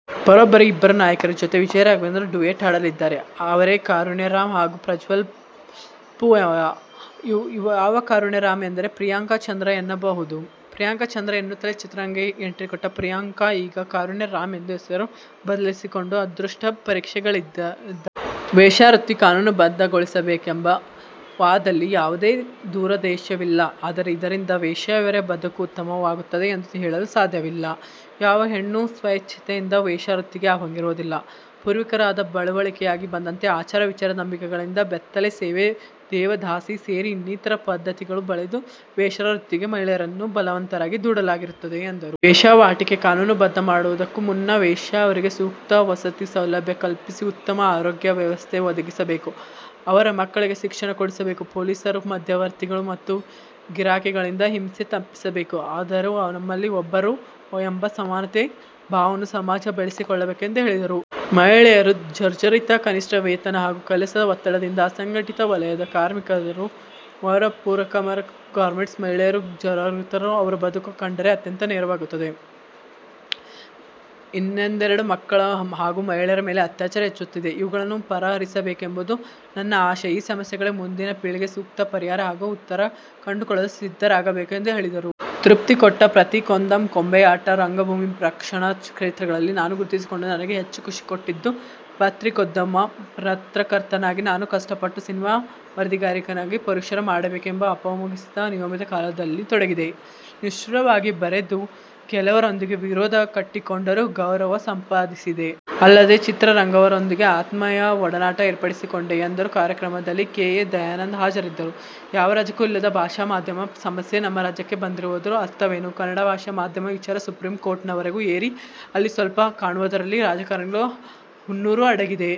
ಬರೋಬ್ಬರಿ ಇಬ್ಬರು ನಾಯಕಿಯರ ಜೊತೆ ವಿಜಯ ರಾಘವೇಂದ್ರ ಡ್ಯುಯೆಟ್ ಹಾಡಲಿದ್ದಾರೆ. ಅವರೇ ಕಾರುಣ್ಯ ರಾಂ ಹಾಗೂ ಪ್ರಜ್ವಲ್ ಪೂವಯ್ಯ. ಯಾವ ಕಾರುಣ್ಯ ರಾಂ ಎಂದರೆ ಪ್ರಿಯಾಂಕಾ ಚಂದ್ರ ಎನ್ನಬಹುದು. ಪ್ರಿಯಾಂಕಾ ಚಂದ್ರ ಎನ್ನುತ್ತಲೇ ಚಿತ್ರರಂಗಕ್ಕೆ ಎಂಟ್ರಿಕೊಟ್ಟ ಪ್ರಿಯಾಂಕಾ ಈಗ ಕಾರುಣ್ಯ ರಾಂ ಎಂದು ಹೆಸರು ಬದಲಿಸಿಕೊಂಡು ಅದೃಷ್ಟ ಪರೀಕ್ಷೆಗಿಳಿದಿದ್ದಾರೆ. ವೇಶ್ಯಾವೃತ್ತಿ ಕಾನೂನುಬದ್ಧಗೊಳಿ ಸಬೇಕು ಎಂಬ ವಾದಲ್ಲಿ ಯಾವುದೇ ದುರುದೇಶವಿಲ್ಲ. ಆದರೆ, ಇದರಿಂದ ವೇಶ್ಯೆಯರ ಬದುಕು ಉತ್ತಮವಾ ಗುತ್ತದೆ ಎಂದು ಹೇಳಲು ಸಾಧ್ಯವಿಲ್ಲ. ಯಾವ ಹೆಣ್ಣೂ ಸ್ವಯಿಚ್ಛೆಯಿಂದ ವೇಶ್ಯಾವೃತ್ತಿಗೆ ಹೋಗಿರುವುದಿಲ್ಲ. ಪೂರ್ವಿಕರಿಂದ ಬಳುವಳಿಯಾಗಿ ಬಂದಂತೆ ಆಚಾರ, ವಿಚಾರ, ನಂಬಿಕೆಗಳಿಂದ ಬೆತ್ತಲೆ ಸೇವೆ, ದೇವದಾಸಿ ಸೇರಿ ಇನ್ನಿತರ ಪದ್ದತಿಗಳು ಬೆಳೆದು ವೇಶ್ಯಾವೃತ್ತಿಗೆ ಮಹಿಳೆಯರನ್ನು ಬಲವಂತವಾಗಿ ದೂಡಲಾಗಿರುತ್ತದೆ ಎಂದರು. ವೇಶ್ಯಾವಾಟಿಕೆ ಕಾನೂನು ಬದ್ಧ ಮಾಡುವುದಕ್ಕೂ ಮುನ್ನ ವೇಶ್ಯೆಯರಿಗೆ ಸೂಕ್ತ ವಸತಿ ಸೌಲಭ್ಯ ಕಲ್ಪಿಸಿ, ಉತ್ತಮ ಆರೋಗ್ಯ ವ್ಯವಸ್ಥೆ ಒದಗಿಸಬೇಕು. ಅವರ ಮಕ್ಕಳಿಗೆ ಶಿಕ್ಷಣ ಕೊಡಿಸಬೇಕು. ಪೊಲೀಸರು, ಮಧ್ಯವರ್ತಿಗಳು ಮತ್ತು ಗಿರಾಕಿಗಳಿಂದ ಹಿಂಸೆ ತಪ್ಪಿಸಿಸಬೇಕು. ಅವರೂ ನಮ್ಮಲ್ಲಿ ಒಬ್ಬರು ಎಂಬ ಸಮಾನತೆ ಭಾವವನ್ನು ಸಮಾಜ ಬೆಳೆಸಿಕೊಳ್ಳಬೇಕು ಎಂದು ಹೇಳಿದರು. ಮಹಿಳೆಯರು ಜರ್ಝರಿತ: ಕನಿಷ್ಠ ವೇತನ ಹಾಗೂ ಕೆಲಸದ ಒತ್ತಡದಿಂದ ಅಸಂಘಟಿತ ವಲಯದ ಕಾರ್ಮಿಕರು, ಪೌರಕಾರ್ಮಿಕರು, ಗಾರ್ಮೆಂಟ್ಸ್ ಮಹಿಳೆಯರು ಜರ್ಝರಿತರಾಗಿದ್ದಾರೆ. ಅವರ ಬದಕು ಕಂಡರೆ ಅತ್ಯಂತ ನೋವಾಗುತ್ತದೆ. ಇನ್ನೊಂದೆಡೆ ಮಕ್ಕಳ ಹಾಗೂ ಮಹಿಳೆಯರ ಮೇಲೆ ಅತ್ಯಾಚಾರ ಹೆಚ್ಚುತ್ತಿದೆ. ಇವುಗಳನ್ನು ಪರಿಹರಿಸಬೇಕು ಎಂಬುದು ನನ್ನ ಆಶಯ. ಈ ಸಮಸ್ಯೆಗಳಿಗೆ ಮುಂದಿನ ಪೀಳಿಗೆ ಸೂಕ್ತ ಪರಿಹಾರ ಹಾಗೂ ಉತ್ತರ ಕಂಡುಕೊಳ್ಳಲು ಸಿದ್ಧರಾಗಬೇಕು ಎಂದು ಹೇಳಿದರು. ತೃಪ್ತಿಕೊಟ್ಟ ಪತ್ರಿಕೋದ್ಯಮ: ಗೊಂಬೆಯಾಟ, ರಂಗಭೂಮಿ, ಪ್ರಕಾಶನ ಕ್ಷೇತ್ರಗಳಲ್ಲಿ ನಾನು ಗುರುತಿಸಿಕೊಂಡರೂ, ನನಗೆ ಹೆಚ್ಚು ಖುಷಿಕೊಟ್ಟದ್ದು ಪತ್ರಿಕೋದ್ಯಮ. ಪತ್ರಕರ್ತೆಯಾಗಿ ನಾನು ಕಷ್ಟಪಟ್ಟೆ. ಸಿನಿಮಾ ವರದಿಗಾರಿಕೆಯನ್ನು ಪುರುಷರೇ ಮಾಡಬೇಕು ಎಂಬ ಅಘೋಷಿತ ನಿಯಮವಿದ್ದ ಕಾಲದಲ್ಲಿ ನಾನು ಸಿನಿಮಾ ವರದಿಗಾರಿಕೆಯಲ್ಲಿ ತೊಡಗಿದೆ. ನಿಷ್ಠುರವಾಗಿ ಬರೆದು ಕೆಲವರೊಂದಿಗೆ ವಿರೋಧ ಕಟ್ಟಿಕೊಂಡರೂ ಗೌರವ ಸಂಪಾದಿಸಿದೆ. ಅಲ್ಲದೆ, ಚಿತ್ರರಂಗವರೊಂದಿಗೆ ಆತ್ಮೀಯ ಒಡನಾಟ ಏರ್ಪಡಿಸಿಕೊಂಡೆ ಎಂದರು. ಕಾರ್ಯಕ್ರಮದಲ್ಲಿ ಕೆ. ಎ. ದಯಾನಂದ ಹಾಜರಿದ್ದರು. ಯಾವ ರಾಜ್ಯಕ್ಕೂ ಇಲ್ಲದ ಭಾಷಾ ಮಾಧ್ಯಮ ಸಮಸ್ಯೆ ನಮ್ಮ ರಾಜ್ಯಕ್ಕೆ ಬಂದಿರುವುದರ ಅರ್ಥವೇನು? ಕನ್ನಡ ಭಾಷಾ ಮಾಧ್ಯಮ ವಿಚಾರ ಸುಪ್ರಿಂ ಕೋರ್ಟ್ವರೆಗೆ ಏರಿ, ಅಲ್ಲಿ ಸೋಲು ಕಾಣುವುದರಲ್ಲಿ ರಾಜಕಾರಣಿಗಳ ಹುನ್ನಾರ ಅಡಗಿದೆ.